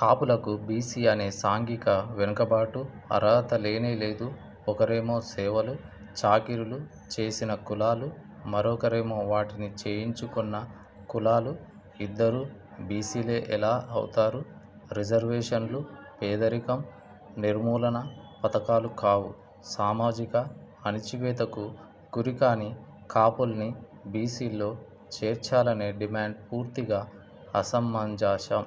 కాపులకు బీసీ అనే సాంఘిక వెనుకబాటు అర్హత లేనే లేదు. ఒకరేమో సేవలు, చాకిరీలు చేసిన కులాలు, మరొకరేమో వాటిని చేయించుకొన్న కులాలు, ఇద్దరూ బీసీలే ఎలా అవుతారు? రిజర్వేషన్లు పేదరికం నిర్మూలనా పథకాలు కావు. సామాజిక అణచివేతకు గురికాని కాపుల్ని బీసీల్లో చేర్చాలనే డిమాండ్ పూర్తిగా అసమంజసం.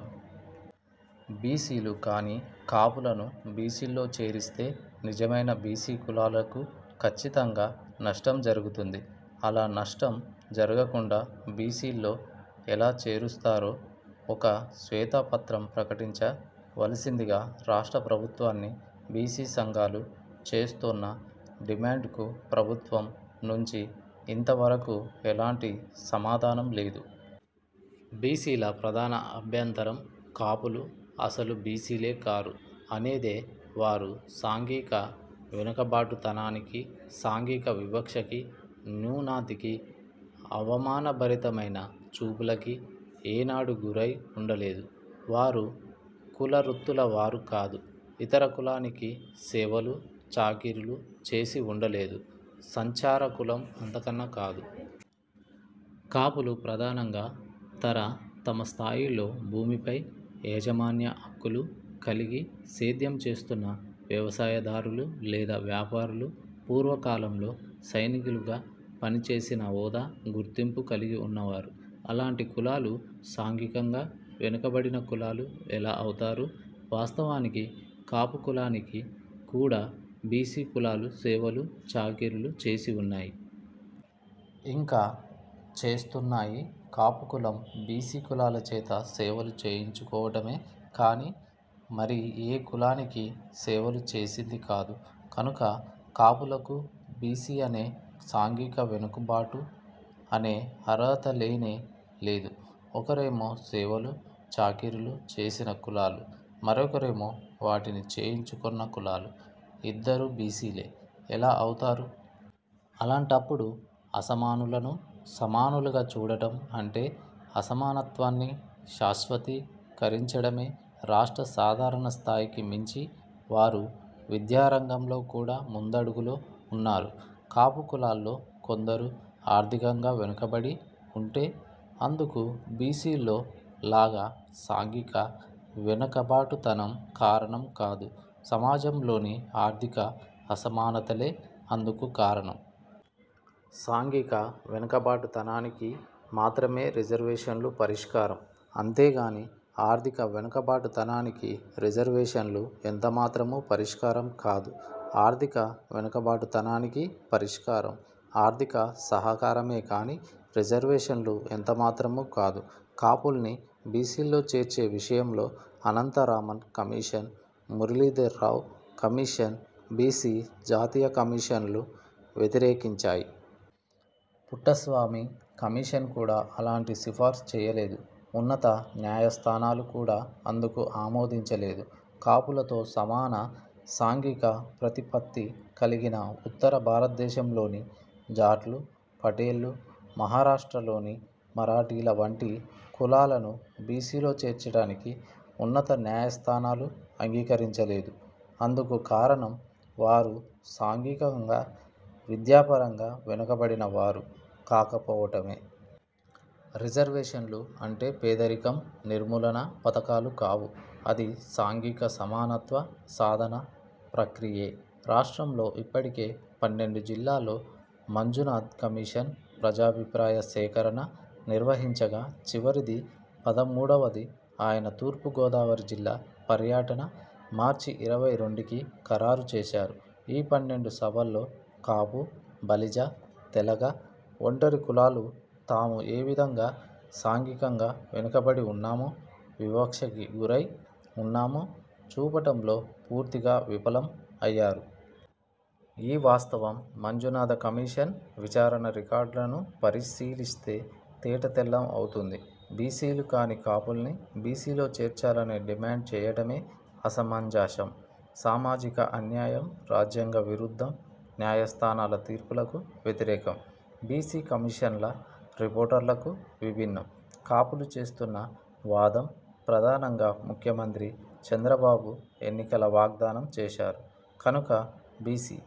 బీసీలు కాని కాపులను బీసీల్లో చేరిస్తే నిజమైన బీసీ కులాలకు ఖచ్చితంగా నష్టం జరుగుతుంది. అలా నష్టం జరగకుండా బీసీల్లో ఎలా చేరుస్తారో ఒక శ్వేత పత్రం ప్రకటించ వలసిందిగా రాష్ట్ర ప్రభుత్వాన్ని బీసీ సంఘాలు చేస్తోన్న డిమాండ్కు ప్రభుత్వం నుంచి ఇంత వరకు ఎలాంటి సమాధానం లేదు. బీసీల ప్రధాన అభ్యంతరం కాపులు అసలు బీసీలే కారు, అనేదే. వారు సాంఘిక వెనుకబాటుతనానికీ, సాంఘిక వివక్షకీ, న్యూనతకీ, అవమానభరితమైన చూపులకీ ఏనాడూ గురై ఉండలేదు. వారు కుల వృత్తుల వారు కాదు. ఇతర కులానికి సేవలు, చాకిరీలు చేసి ఉండలేదు. సంచార కులం అంతకన్నా కాదు. కాపులు ప్రధానంగా తర తమ స్థాయిల్లో భూమిపై యాజమాన్య హక్కులు కలిగి సేద్యం చేస్తోన్న వ్యవసాయదారులు లేదా, వ్యాపారులు. పూర్వకాలంలో సైనికులుగా పనిచేసిన హోదా, గుర్తింపు కలిగి వున్నవారు. అలాంటి కులాలు సాంఘికంగా వెనుకబడిన కులాలు ఎలా అవుతారు? వాస్తవానికి కాపు కులానికి కూడా బీసీ కులాలు సేవలు, చాకిరీలు చేసి ఉన్నాయి. ఇంకా చేస్తోన్నాయి. కాపు కులం, బీసీ కులాల చేత సేవలు చేయించుకోవటమే కానీ, మరి ఏ కులానికీ సేవలు చేసింది కాదు. కనుక కాపులకు బీసీ అనే సాంఘిక వెనుకబాటు అనే అర్హత లేనే లేదు. ఒకరేమో సేవలు, చాకిరీలు చేసిన కులాలు, మరొకరేమో వాటిని చేయించుకొన్న కులాలు ,ఇద్దరూ బీసీలే ఎలా అవుతారు? అలాంటప్పుడు అసమానులను సమానులుగా చూడడం అంటే, అసమానత్వాన్ని శాశ్వతీ కరించడమే. రాష్ట్ర సాధారణ స్థాయికి మించి వారు విద్యా రంగంలో కూడా ముందడుగులో ఉన్నారు. కాపు కులాల్లో కొందరు ఆర్థికంగా వెనుకబడి ఉంటే, అందుకు బీసీల్లో లాగా సాంఘిక వెనుక బాటుతనం కారణం కాదు. సమాజంలోని ఆర్థిక అసమానతలే అందుకు కారణం. సాంఘిక వెనుక బాటుతనానికి మాత్రమే రిజర్వేషన్లు పరిష్కారం. అంతేగానీ ఆర్థిక వెనుక బాటుతనానికి రిజర్వేషన్లు ఎంతమాత్రమూ పరిష్కారం కాదు. ఆర్థిక వెనుక బాటుతనానికి పరిష్కారం ఆర్థిక సహకారమే కానీ, రిజర్వేషన్లు ఎంత మాత్రమూ కాదు. కాపుల్ని బీసీల్లో చేర్చే విషయంలో Anantha Raman commission, Muralidhar Rao commission, BC జాతీయ కమిషన్లు వ్యతిరేకించాయి. పుట్టస్వామి కమిషన్ కూడా అలాంటి సిఫార్స్ చేయలేదు. ఉన్నత న్యాయ స్థానాలు కూడా అందుకు ఆమోదించలేదు. కాపులతో సమాన సాంఘిక ప్రతిపత్తి కలిగిన ఉత్తర భారతదేశంలోని జాట్లు, పటేళ్లు, మహారాష్ట్రలోని మరాఠీల వంటి కులాలను బీసీల్లో చేర్చటానికి ఉన్నత న్యాయ స్థానాలు అంగీకరించలేదు. అందుకు కారణం, వారు సాంఘికంగా, విద్యాపరంగా వెనుకబడిన వారు కాకపోవటమే. రిజర్వేషన్లు అంటే పేదరికం నిర్మూలనా పథకాలు కావు. అది సాంఘిక సమానత్వ సాధనా ప్రక్రియే. రాష్ట్రంలో ఇప్పటికే పన్నెండు జిల్లాల్లో మంజునాథ్ కమిషన్ ప్రజాభిప్రాయ సేకరణ నిర్వహించగా చివరిదీ, పదమూడువదీ ఆయన తూర్పు గోదావరి జిల్లా పర్యటన మార్చి ఇరవై రెండుకి ఖరారు చేశారు. ఈ పన్నెండు సభల్లో కాపు, బలిజ, తెలగ, ఒంటరి కులాలు తాము ఏవిధంగా సాంఘికంగా వెనుకబడి ఉన్నామో, వివక్షకి గురై ఉన్నామో చూపటంలో పూర్తిగా విఫలం అయ్యారు. ఈ వాస్తవం మంజునాథ కమిషన్ విచారణ రికార్డులను పరిశీలిస్తే తేట తెల్లం అవుతుంది. బీసీలు కాని కాపుల్ని బీసీల్లో చేర్చాలనే డిమాండ్ చేయటమే అసమంజసం, సామాజిక అన్యాయం, రాజ్యాంగ విరుద్ధం. న్యాయ స్థానాల తీర్పులకు వ్యతిరేకం, బీసీ కమిషన్ల రిపోర్ట్లకు విభిన్నం. కాపులు చేస్తోన్న వాదం ప్రధానంగా ముఖ్యమంత్రి చంద్రబాబు ఎన్నికల వాగ్దానం చేశారు కనుక, బీసీ